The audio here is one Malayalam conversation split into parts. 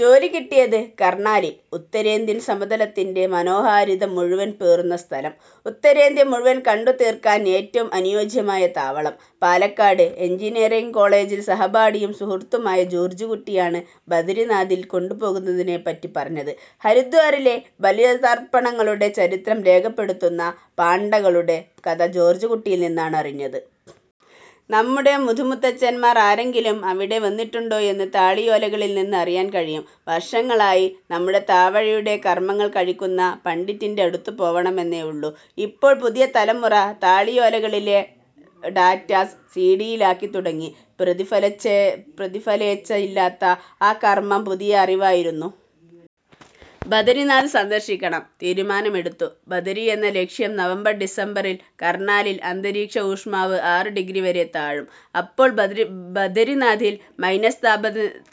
ജോലി കിട്ടിയത് കർണാലിൽ. ഉത്തരേന്ത്യൻ സമതലത്തിൻ്റെ മനോഹാരിത മുഴുവൻ പേറുന്ന സ്ഥലം. ഉത്തരേന്ത്യ മുഴുവൻ കണ്ടു തീർക്കാൻ ഏറ്റവും അനുയോജ്യമായ താവളം. പാലക്കാട് എൻജിനീയറിങ് കോളജിൽ സഹപാഠിയും സുഹൃത്തുമായ ജോർജ് കുട്ടിയാണ് ബദരിനാഥിൽ പോകുന്നതിനെപ്പറ്റി പറഞ്ഞത്. ഹരിദ്വാറിലെ ബലി തർപ്പണങ്ങളുടെ ചരിത്രം രേഖപ്പെടുത്തുന്ന പാണ്ഡകളുടെ കഥ ജോർജ് കുട്ടിയിൽ നിന്നാണ് അറിഞ്ഞത്. നമ്മുടെ മുതുമുത്തച്ഛന്മാർ ആരെങ്കിലും അവിടെ വന്നിട്ടുണ്ടോ എന്ന് താളിയോലകളിൽ നിന്ന് അറിയാൻ കഴിയും. വർഷങ്ങളായി നമ്മുടെ താവഴിയുടെ കർമങ്ങൾ കഴിക്കുന്ന പണ്ഡിറ്റിൻ്റെ അടുത്തു പോവണം എന്നേ ഉള്ളൂ. ഇപ്പോൾ പുതിയ തലമുറ താളിയോലകളിലെ ഡാറ്റാസ് സിഡിയിൽ ആക്കിത്തുടങ്ങി. പ്രതിഫലേച്ഛ ഇല്ലാത്ത ആ കർമം പുതിയ അറിവായിരുന്നു. ബദരിനാഥ് സന്ദർശിക്കണം, തീരുമാനമെടുത്തു. ബദരി എന്ന ലക്ഷ്യം നവംബർ ഡിസംബറിൽ കർനാലിൽ അന്തരീക്ഷ ഊഷ്മാവ് ആറു ഡിഗ്രി വരെ താഴും. അപ്പോൾ ബദരിനാഥിൽ മൈനസ്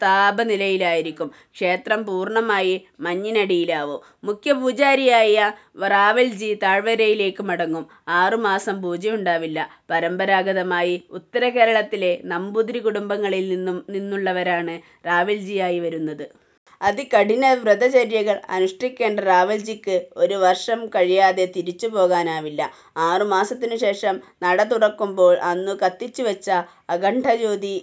താപനിലയായിരിക്കും. ക്ഷേത്രം പൂർണമായി മഞ്ഞിനടിയിലാവും. മുഖ്യ പൂജാരിയായ റാവൽജി താഴ്വരയിലേക്കു മടങ്ങും. ആറുമാസം പൂജയുണ്ടാവില്ല. പരമ്പരാഗതമായി ഉത്തരകേരളത്തിലെ നമ്പൂതിരി കുടുംബങ്ങളിൽ നിന്നുള്ളവരാണ് റാവൽജിയായി വരുന്നത്. അതികഠിനമായ വ്രതചര്യകൾ അനുഷ്ഠിക്കേണ്ട റാവൽജിക്കു ഒരു വർഷം കഴിയാതെ തിരിച്ചു പോകാനാവില്ല. ആറു മാസത്തിനു ശേഷം നട തുറക്കുമ്പോൾ അന്നു കത്തിച്ചു വച്ച "അഖണ്ഡ ജ്യോതി"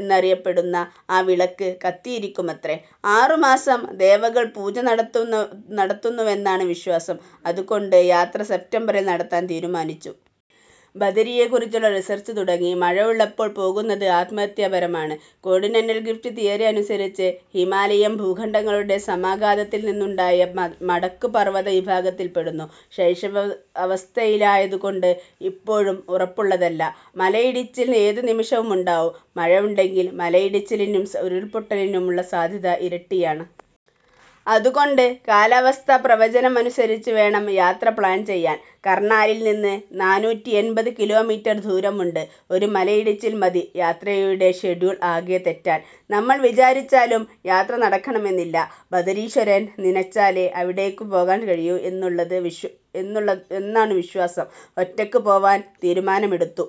എന്നറിയപ്പെടുന്ന ആ വിളക്ക് കത്തിയിരിക്കുമത്രേ. ആറു മാസം ദേവകൾ പൂജ നടത്തുന്നുവെന്നാണ് വിശ്വാസം. അതുകൊണ്ട് യാത്ര സെപ്റ്റംബറിൽ നടത്താൻ തീരുമാനിച്ചു. ബദരിയെക്കുറിച്ചുള്ള റിസർച് തുടങ്ങി. മഴ ഉള്ളപ്പോൾ പോകുന്നത് ആത്മഹത്യാപരമാണ്. കോണ്ടിനെൻ്റൽ ഡ്രിഫ്റ്റ് തിയറി അനുസരിച്ച് ഹിമാലയം ഭൂഖണ്ഡങ്ങളുടെ സമാഘാതത്തിൽ നിന്ന് ഉണ്ടായ മടക്കു പർവത വിഭാഗത്തിൽ പെടുന്നു. ശൈശവ അവസ്ഥയിലായതു കൊണ്ട് ഇപ്പോഴും ഉറപ്പുള്ളതല്ല. മലയിടിച്ചിൽ ഏതു നിമിഷവും ഉണ്ടാകും. മഴ ഉണ്ടെങ്കിൽ മലയിടിച്ചിലിനും ഉരുൾപൊട്ടലിനും ഉള്ള സാധ്യത ഇരട്ടിയാണ്. അതുകൊണ്ട് കാലാവസ്ഥാ പ്രവചനം അനുസരിച്ച് വേണം യാത്ര പ്ലാൻ ചെയ്യാൻ.. കർണാലിൽ നിന്ന് നാന്നൂറ്റിഎൺപത് കിലോമീറ്റർ ദൂരമുണ്ട്. ഒരു മലയിടിച്ചിൽ മതി യാത്രയുടെ ഷെഡ്യൂൾ ആകെ തെറ്റാൻ. നമ്മൾ വിചാരിച്ചാലും യാത്ര നടക്കണമെന്നില്ല. ബദരീശ്വരൻ നിനച്ചാലെ അവിടേക്കു പോകാൻ കഴിയൂ എന്നാണു വിശ്വാസം. ഒറ്റക്കു പോവാൻ തീരുമാനമെടുത്തു.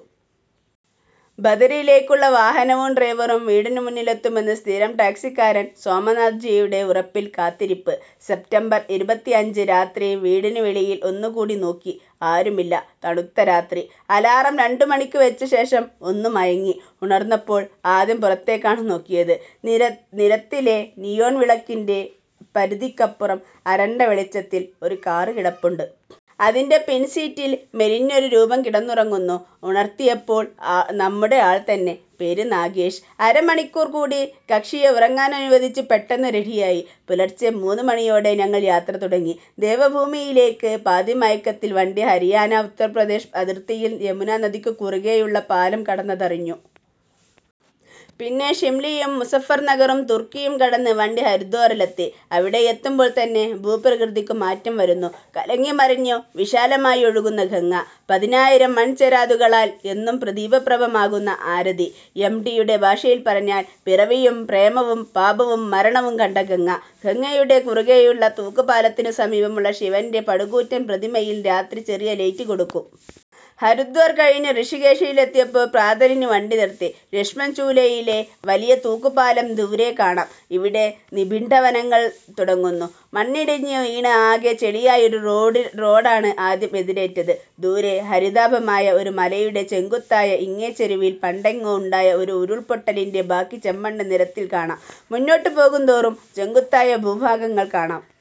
ബദരിയിലേക്കുള്ള വാഹനവും ഡ്രൈവറും വീടിനുമുമ്പിലെത്തുമെന്ന് സ്ഥിരം ടാക്സിക്കാരൻ സോമനാഥ് ജിയുടെ ഉറപ്പിൽ കാത്തിരിപ്പ്. സെപ്റ്റംബർ ഇരുപത്തിഅഞ്ച്, രാത്രി. വീടിനു വെളിയിൽ ഒന്നു കൂടി നോക്കി. ആരുമില്ല. തണുത്ത രാത്രി. അലാറം രണ്ടു മണിക്കു വച്ച ശേഷം ഒന്നു മയങ്ങി. ഉണർന്നപ്പോൾ ആദ്യം പുറത്തേക്കാണ് നോക്കിയത്. നിരത്തിലെ നിയോൺ വിളക്കിൻ്റെ പരിധിക്കപ്പുറം അരണ്ട വെളിച്ചത്തിൽ ഒരു കാർ കിടപ്പുണ്ട്. അതിൻ്റെ പിൻസീറ്റിൽ മെലിഞ്ഞ ഒരു രൂപം കിടന്നുറങ്ങുന്നു. ഉണർത്തിയപ്പോൾ നമ്മുടെ ആൾ തന്നെ. പേര് നാഗേഷ്. അര മണിക്കൂർ കൂടി കക്ഷിയെ ഉറങ്ങാനനുവദിച്ച് പെട്ടെന്ന് റെഡിയായി. പുലർച്ചെ മൂന്നു മണിയോടെ ഞങ്ങൾ യാത്ര തുടങ്ങി. ദേവഭൂമിയിലേക്ക് പാതിമയക്കത്തിൽ വണ്ടി ഹരിയാന ഉത്തരപ്രദേശ് അതിർത്തിയിൽ യമുനനദിക്കു കുറുകെയുള്ള പാലം കടന്നതറിഞ്ഞു. പിന്നെ ഷംലിയും മുസഫർനഗറും റൂർക്കിയും കടന്ന് വണ്ടി ഹരിദ്വാറിലെത്തി. അവിടെയെത്തുമ്പോൾ തന്നെ ഭൂപ്രകൃതിക്കു മാറ്റം വരുന്നു. കലങ്ങി മറിഞ്ഞു വിശാലമായി ഒഴുകുന്ന ഗംഗ. പതിനായിരം മൺചെരാതുകളാൽ എന്നും ദീപപ്രഭമാക്കുന്ന ആരതി. എം. ടിയുടെ ഭാഷയിൽ പറഞ്ഞാൽ "പിറവിയും പ്രേമവും പാപവും മരണവും കണ്ട ഗംഗ". ഗംഗയുടെ കുറുകെയുള്ള തൂക്കു പാലത്തിനു സമീപമുള്ള ശിവൻ്റെ പടുകൂറ്റൻ പ്രതിമയിൽ രാത്രി ചെറിയ ലൈറ്റ് കൊടുക്കും. ഹരിദ്വാർ കഴിഞ്ഞു ഋഷികേശിലെത്തിയപ്പോൾ പ്രാതലിന് വണ്ടി നിർത്തി. ലക്ഷ്മൺ ഝൂലയിലെ വലിയ തൂക്കുപാലം ദൂരെ കാണാം. ഇവിടെ നിബിഢവനങ്ങൾ തുടങ്ങുന്നു. മണ്ണിടിഞ്ഞു വീണ് ആകെ ചെളിയായ ഒരു റോഡാണ് ആദ്യം എതിരേറ്റത്. ദൂരെ ഹരിതാഭമായ ഒരു മലയുടെ ചെങ്കുത്തായ ഇങ്ങേച്ചെരുവിൽ പണ്ടെങ്ങോ ഉണ്ടായ ഒരു ഉരുൾ പൊട്ടലിൻ്റെ ബാക്കി ചെമ്മണ്ണ് നിറത്തിൽ കാണാം. മുന്നോട്ടു പോകുന്തോറും ചെങ്കുത്തായ ഭൂഭാഗങ്ങൾ കാണാം.